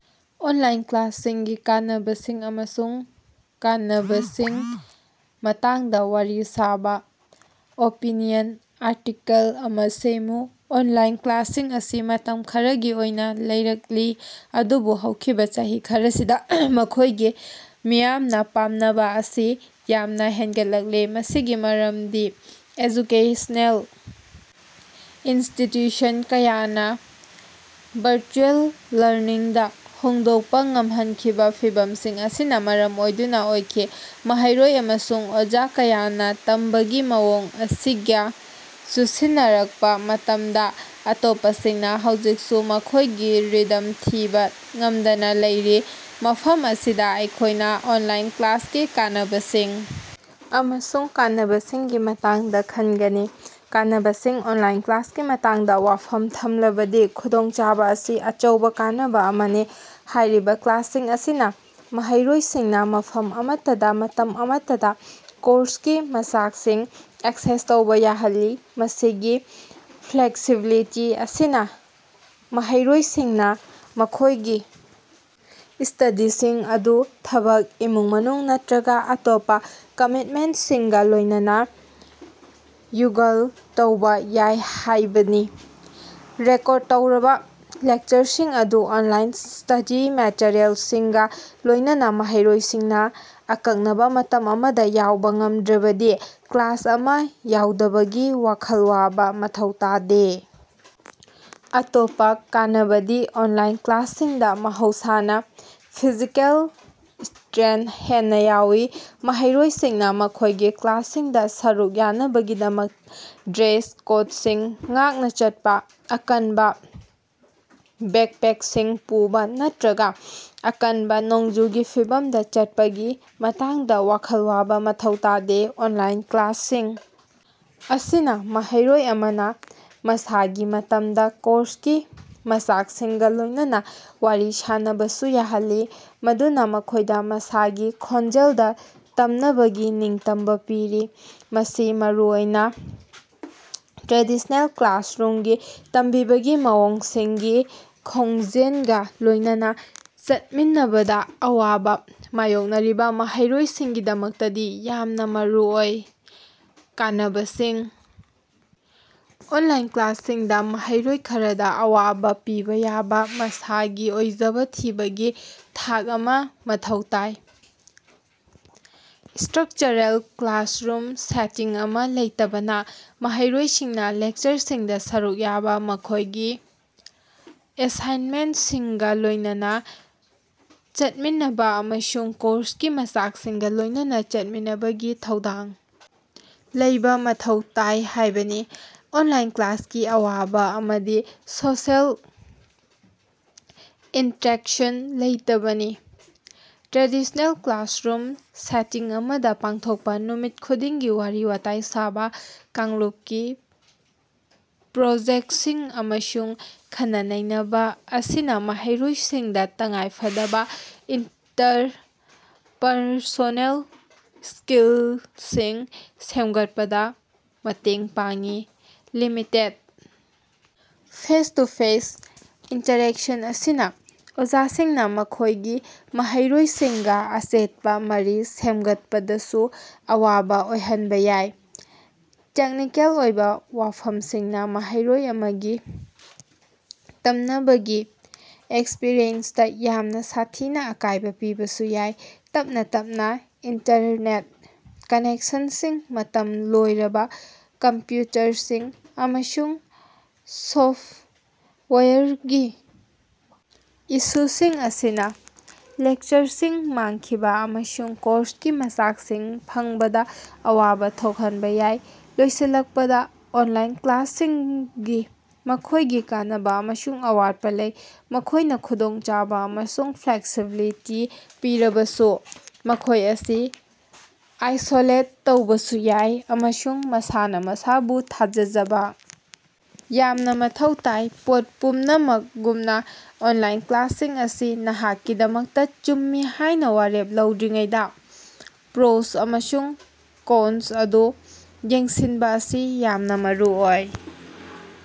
Online ꯀ꯭ꯂꯥꯁꯁꯤꯡꯒꯤ ꯀꯥꯟꯅꯕꯁꯤꯡ ꯑꯃꯁꯨꯡ ꯀꯥꯟꯅꯕꯁꯤꯡꯒꯤ ꯃꯇꯥꯡꯗꯥ ꯋꯥꯔꯤ ꯁꯥꯕꯥ ꯑꯣꯄꯤꯅꯤꯌꯟ ꯑꯥꯔꯇꯤꯀꯦꯜ ꯑꯃꯥ ꯁꯦꯝꯃꯨ꯫ ꯑꯣꯟ ꯂꯥꯏꯟ ꯀ꯭ꯂꯥꯁꯁꯤꯡ ꯑꯁꯤ ꯃꯇꯝ ꯈꯔꯒꯤ ꯑꯣꯏꯅꯥ ꯂꯩꯔꯛꯂꯤ, ꯑꯗꯨꯕꯨ ꯍꯧꯈꯤꯕꯥ ꯆꯍꯤ ꯈꯔꯁꯤꯗꯥ ꯃꯈꯣꯏꯒꯤ ꯃꯤꯌꯥꯝꯅꯥ ꯄꯥꯝꯅꯕꯥ ꯑꯁꯤ ꯌꯥꯝꯅꯥ ꯍꯦꯟꯒꯠꯂꯦ, ꯃꯁꯤꯒꯤ ꯃꯔꯝꯗꯤ ꯑꯦꯖꯨꯀꯦꯁꯅꯦꯜ ꯏꯟꯁꯇꯤꯠꯌꯨꯁꯟ ꯀꯌꯥꯅꯥ ꯚꯔꯆꯨꯑꯦꯜ ꯂꯔꯅꯤꯡꯗꯥ ꯍꯣꯡꯗꯣꯛꯄꯥ ꯉꯝꯍꯟꯈꯤꯕꯥ ꯐꯤꯚꯝꯁꯤꯡ ꯑꯁꯤꯅꯥ ꯃꯔꯝ ꯑꯣꯏꯗꯨꯅꯥ ꯑꯣꯏꯈꯤ꯫ ꯃꯍꯩꯔꯣꯏ ꯑꯃꯁꯨꯡ ꯑꯣꯖꯥ ꯀꯌꯥꯅꯥ ꯇꯝꯕꯒꯤ ꯃꯑꯣꯡ ꯑꯁꯤꯒꯥ ꯆꯨꯁꯤꯟꯅꯔꯛꯄꯥ ꯃꯇꯝꯗꯥ, ꯑꯇꯣꯞꯄꯁꯤꯡꯅꯥ ꯍꯧꯖꯤꯛꯁꯨ ꯃꯈꯣꯏꯒꯤ ꯔꯤꯗꯝ ꯊꯤꯕꯥ ꯉꯝꯗꯅꯥ ꯂꯩꯔꯤ꯫ ꯃꯐꯝ ꯑꯁꯤꯗꯥ ꯑꯩꯈꯣꯏꯅꯥ ꯑꯣꯟꯂꯥꯏꯟ ꯀ꯭ꯂꯥꯁꯀꯤ ꯀꯥꯟꯅꯕꯁꯤꯡ ꯑꯃꯁꯨꯡ ꯀꯥꯟꯅꯕꯁꯤꯡꯒꯤ ꯃꯇꯥꯡꯗꯥ ꯈꯟꯒꯅꯤ꯫ ꯀꯥꯟꯅꯕꯁꯤꯡ: ꯑꯣꯅꯂꯥꯏꯟ ꯀ꯭ꯂꯥꯁꯀꯤ ꯃꯇꯥꯡꯗꯥ ꯋꯥꯐꯝ ꯊꯝꯂꯕꯗꯤ ꯈꯨꯗꯣꯡꯆꯥꯕꯥ ꯑꯁꯤ ꯑꯆꯧꯕꯥ ꯀꯥꯟꯅꯕꯥ ꯑꯃꯅꯤ꯫ ꯍꯥꯏꯔꯤꯕꯥ ꯀ꯭ꯂꯥꯁꯁꯤꯡ ꯑꯁꯤꯅꯥ ꯃꯍꯩꯔꯣꯏꯁꯤꯡꯅꯥ ꯃꯐꯝ ꯑꯃꯠꯇꯗꯥ ꯃꯇꯝ ꯑꯃꯠꯇꯗꯥ ꯀꯣꯔꯁꯀꯤ ꯃꯆꯥꯛꯁꯤꯡ ꯑꯦꯛꯁꯦꯁ ꯇꯧꯕꯥ ꯌꯥꯍꯜꯂꯤ꯫ ꯃꯁꯤꯒꯤ ꯐ꯭ꯂꯦꯛꯁꯤꯕꯤꯂꯤꯇꯤ ꯑꯁꯤꯅꯥ ꯃꯍꯩꯔꯣꯏꯁꯤꯡꯅꯥ ꯃꯈꯣꯏꯒꯤ ꯁ꯭ꯇꯗꯤꯁꯤꯡ ꯑꯗꯨ ꯊꯕꯛ, ꯏꯃꯨꯡ-ꯃꯅꯨꯡ ꯅꯠꯇ꯭ꯔꯒꯥ ꯑꯇꯣꯞꯄꯥ ꯀꯃꯤꯠꯃꯦꯟꯇꯁꯤꯡꯒꯥ ꯂꯣꯏꯅꯅꯥ ꯖꯨꯒꯜ ꯇꯧꯕꯥ ꯌꯥꯏ ꯍꯥꯏꯕꯅꯤ꯫ ꯔꯦꯀꯣꯔꯗ ꯇꯧꯔꯕꯥ ꯂꯦꯛꯆꯔꯁꯤꯡ ꯑꯃꯁꯨꯡ ꯑꯣꯟꯂꯥꯏꯟ ꯁ꯭ꯇꯗꯤ ꯃꯦꯇꯔꯤꯑꯦꯜꯁꯤꯡꯒꯥ ꯂꯣꯏꯅꯅꯥ ꯃꯍꯩꯔꯣꯏꯁꯤꯡꯅꯥ ꯑꯀꯛꯅꯕꯥ ꯃꯇꯝ ꯑꯃꯗꯥ ꯌꯥꯎꯕꯥ ꯉꯝꯗ꯭ꯔꯕꯗꯤ ꯀ꯭ꯂꯥꯁ ꯑꯃꯥ ꯌꯥꯎꯗꯕꯒꯤ ꯋꯥꯈꯜ ꯋꯥꯕꯥ ꯃꯊꯧ ꯇꯥꯗꯦ꯫ ꯑꯇꯣꯞꯄꯥ ꯀꯥꯟꯅꯕꯗꯤ ꯑꯣꯟꯂꯥꯏꯟ ꯀ꯭ꯂꯥꯁꯁꯤꯡꯗꯥ ꯃꯍꯧꯁꯥꯅꯥ ꯐꯤꯖꯤꯀꯦꯜ ꯁ꯭ꯇꯔꯦꯟ ꯍꯦꯟꯅꯥ ꯌꯥꯎꯏ꯫ ꯃꯍꯩꯔꯣꯏꯁꯤꯡꯅꯥ ꯃꯈꯣꯏꯒꯤ ꯀ꯭ꯂꯥꯁꯁꯤꯡꯗꯥ ꯁꯔꯨꯛ ꯌꯥꯅꯕꯒꯤꯗꯃꯛ ꯗ꯭ꯔꯦꯁ ꯀꯣꯗꯁꯤꯡ ꯉꯥꯛꯅꯥ ꯆꯠꯄꯥ, ꯑꯀꯟꯕꯥ ꯕꯦꯛꯄꯦꯛꯁꯤꯡ ꯄꯨꯕꯥ ꯅꯠꯇ꯭ꯔꯒꯥ ꯑꯀꯟꯕꯥ ꯅꯣꯡꯖꯨꯒꯤ ꯐꯤꯚꯝꯗꯥ ꯆꯠꯄꯒꯤ ꯃꯇꯥꯡꯗꯥ ꯋꯥꯈꯜ ꯋꯥꯕꯥ ꯃꯊꯧ ꯇꯥꯗꯦ꯫ ꯑꯣꯟꯂꯥꯏꯟ ꯀ꯭ꯂꯥꯁꯁꯤꯡ ꯑꯁꯤꯅꯥ ꯃꯍꯩꯔꯣꯏ ꯑꯃꯅꯥ ꯃꯁꯥꯒꯤ ꯃꯇꯝꯗꯥ ꯀꯣꯔꯁꯀꯤ ꯃꯆꯥꯛꯁꯤꯡꯒꯥ ꯂꯣꯏꯅꯅꯥ ꯋꯥꯔꯤ ꯁꯥꯅꯕꯁꯨ ꯌꯥꯍꯜꯂꯤ, ꯃꯗꯨꯅꯥ ꯃꯈꯣꯏꯗꯥ ꯃꯁꯥꯒꯤ ꯈꯣꯡꯖꯦꯜꯗꯥ ꯇꯝꯅꯕꯒꯤ ꯅꯤꯡꯇꯝꯕꯥ ꯄꯤꯔꯤ꯫ ꯃꯁꯤ ꯃꯔꯨꯑꯣꯏꯅꯥ ꯇ꯭ꯔꯦꯗꯤꯁꯅꯦꯜ ꯀ꯭ꯂꯥꯁꯔꯨꯝꯒꯤ ꯇꯝꯕꯤꯕꯒꯤ ꯃꯑꯣꯡꯁꯤꯡꯒꯤ ꯈꯣꯡꯖꯦꯜꯒꯥ ꯂꯣꯏꯅꯅꯥ ꯆꯠꯃꯤꯟꯅꯕꯗꯥ ꯑꯋꯥꯕꯥ ꯃꯥꯌꯣꯛꯅꯔꯤꯕꯥ ꯃꯍꯩꯔꯣꯏꯁꯤꯡꯒꯤꯗꯃꯛꯇꯗꯤ ꯌꯥꯝꯅꯥ ꯃꯔꯨꯑꯣꯏ꯫ ꯀꯥꯟꯅꯕꯁꯤꯡ: ꯑꯣꯟꯂꯥꯏꯟ ꯀ꯭ꯂꯥꯁꯁꯤꯡꯗꯥ ꯃꯍꯩꯔꯣꯏ ꯈꯔꯗꯥ ꯑꯋꯥꯕꯥ ꯄꯤꯕꯥ ꯌꯥꯕꯥ ꯃꯁꯥꯒꯤ ꯑꯣꯏꯖꯕꯥ ꯊꯤꯕꯒꯤ ꯊꯥꯛ ꯑꯃꯥ ꯃꯊꯧ ꯇꯥꯏ꯫ ꯏꯁ꯭ꯠꯔꯀꯆꯔꯦꯜ ꯀ꯭ꯂꯥꯁꯔꯨꯝ ꯁꯦꯇꯤꯡ ꯑꯃꯥ ꯂꯩꯇꯕꯅꯥ ꯃꯍꯩꯔꯣꯏꯁꯤꯡꯅꯥ ꯂꯦꯛꯆꯔꯁꯤꯡꯗꯥ ꯁꯔꯨꯛ ꯌꯥꯕꯥ, ꯃꯈꯣꯏꯒꯤ ꯑꯦꯁꯥꯏꯟꯃꯦꯟꯇꯁꯤꯡꯒꯥ ꯂꯣꯏꯅꯅꯥ ꯆꯠꯃꯤꯟꯅꯕꯥ ꯑꯃꯁꯨꯡ ꯀꯣꯔꯁꯀꯤ ꯃꯆꯥꯛꯁꯤꯡꯒꯥ ꯂꯣꯏꯅꯅꯥ ꯆꯠꯃꯤꯟꯅꯕꯒꯤ ꯊꯧꯗꯥꯡ ꯂꯩꯕꯥ ꯃꯊꯧ ꯇꯥꯏ ꯍꯥꯏꯕꯅꯤ꯫ ꯑꯣꯟꯂꯥꯏꯟ ꯀ꯭ꯂꯥꯁꯀꯤ ꯑꯋꯥꯕꯥ ꯑꯃꯗꯤ ꯁꯣꯁꯤꯑꯦꯜ ꯏꯟꯇꯔꯦꯛꯁꯟ ꯂꯩꯇꯕꯅꯤ꯫ ꯇ꯭ꯔꯦꯗꯤꯁꯅꯦꯜ ꯀ꯭ꯂꯥꯁꯔꯨꯝ ꯁꯦꯇꯤꯡ ꯑꯃꯗꯥ ꯄꯥꯡꯊꯣꯛꯄꯥ ꯅꯨꯃꯤꯠ ꯈꯨꯗꯤꯡꯒꯤ ꯋꯥꯔꯤ-ꯋꯥꯇꯥꯏ ꯁꯥꯕꯥ, ꯀꯥꯡꯂꯨꯄꯀꯤ ꯄ꯭ꯔꯣꯖꯦꯛꯇꯁꯤꯡ ꯑꯃꯁꯨꯡ ꯈꯟꯅ-ꯅꯩꯅꯕꯥ ꯑꯁꯤꯅꯥ ꯃꯍꯩꯔꯣꯏꯁꯤꯡꯗꯥ ꯇꯉꯥꯏꯐꯗꯕꯥ ꯏꯟꯇꯔꯄꯔꯁꯣꯅꯦꯜ ꯁ꯭ꯀꯤꯜꯁꯤꯡ ꯁꯦꯝꯒꯠꯄꯗꯥ ꯃꯇꯦꯡ ꯄꯥꯡꯏ꯫ ꯂꯤꯃꯤꯇꯦꯗ ꯐꯦꯁ-ꯇꯨ-ꯐꯦꯁ ꯏꯟꯇꯔꯦꯛꯁꯟ ꯑꯁꯤꯅꯥ ꯑꯣꯖꯥꯁꯤꯡꯅꯥ ꯃꯈꯣꯏꯒꯤ ꯃꯍꯩꯔꯣꯏꯁꯤꯡꯒꯥ ꯑꯆꯦꯠꯄꯥ ꯃꯔꯤ ꯁꯦꯝꯒꯠꯄꯗꯁꯨ ꯑꯋꯥꯕꯥ ꯑꯣꯏꯍꯟꯕꯥ ꯌꯥꯏ꯫ ꯇꯦꯛꯅꯤꯀꯦꯜꯒꯤ ꯑꯣꯏꯕꯥ ꯋꯥꯐꯝꯁꯤꯡꯅꯥ ꯃꯍꯩꯔꯣꯏ ꯑꯃꯒꯤ ꯇꯝꯅꯕꯒꯤ ꯑꯦꯛꯁꯄꯔꯤꯌꯦꯟꯁꯇꯥ ꯌꯥꯝꯅꯥ ꯁꯥꯊꯤꯅꯥ ꯑꯀꯥꯏꯕꯥ ꯄꯤꯕꯁꯨ ꯌꯥꯏ꯫ ꯇꯞꯅꯥ ꯇꯞꯅꯥ ꯏꯟꯇꯔꯅꯦꯠ ꯀꯅꯦꯛꯁꯟꯁꯤꯡ, ꯃꯇꯝ ꯂꯣꯏꯔꯕꯥ ꯀꯝꯞꯌꯨꯇꯔꯁꯤꯡ, ꯑꯃꯁꯨꯡ ꯁꯣꯐꯇꯋꯥꯌꯔꯒꯤ ꯏꯁꯨꯁꯤꯡ ꯑꯁꯤꯅꯥ ꯂꯦꯛꯆꯔꯁꯤꯡ ꯃꯥꯡꯈꯤꯕꯥ ꯑꯃꯁꯨꯡ ꯀꯣꯔꯁꯀꯤ ꯃꯆꯥꯛꯁꯤꯡ ꯐꯪꯕꯗꯥ ꯑꯋꯥꯕꯥ ꯊꯣꯛꯍꯟꯕꯥ ꯌꯥꯏ꯫ ꯂꯣꯏꯁꯤꯜꯂꯛꯄꯗꯥ, ꯑꯣꯟꯂꯥꯏꯟ ꯀ꯭ꯂꯥꯁꯁꯤꯡꯒꯤ ꯃꯈꯣꯏꯒꯤ ꯀꯥꯟꯅꯕꯥ ꯑꯃꯁꯨꯡ ꯑꯋꯥꯠꯄꯥ ꯂꯩ꯫ ꯃꯈꯣꯏꯅꯥ ꯈꯨꯗꯣꯡꯆꯥꯕꯥ ꯑꯃꯁꯨꯡ ꯐ꯭ꯂꯦꯛꯁꯤꯕꯤꯂꯤꯇꯤ ꯄꯤꯔꯕꯁꯨ, ꯃꯈꯣꯏ ꯑꯁꯤ ꯑꯥꯏꯁꯣꯂꯦꯠ ꯇꯧꯕꯁꯨ ꯌꯥꯏ ꯑꯃꯁꯨꯡ ꯃꯁꯥꯅꯥ ꯃꯁꯥꯕꯨ ꯊꯥꯖꯖꯕꯥ ꯌꯥꯝꯅꯥ ꯃꯊꯧ ꯇꯥꯏ꯫ ꯄꯣꯠ ꯄꯨꯝꯅꯃꯛꯒꯨꯝꯅꯥ, ꯑꯣꯟꯂꯥꯏꯟ ꯀ꯭ꯂꯥꯁꯁꯤꯡ ꯑꯁꯤ ꯅꯍꯥꯛꯀꯤꯗꯃꯛꯇꯥ ꯆꯨꯝꯃꯤ ꯍꯥꯏꯅꯥ ꯋꯥꯔꯦꯞ ꯂꯧꯗ꯭ꯔꯤꯉꯩꯗꯥ ꯄ꯭ꯔꯣꯁ ꯑꯃꯁꯨꯡ ꯀꯣꯟꯁ ꯑꯗꯨ ꯌꯦꯡꯁꯤꯟꯕꯥ ꯑꯁꯤ ꯌꯥꯝꯅꯥ ꯃꯔꯨꯑꯣꯏ꯫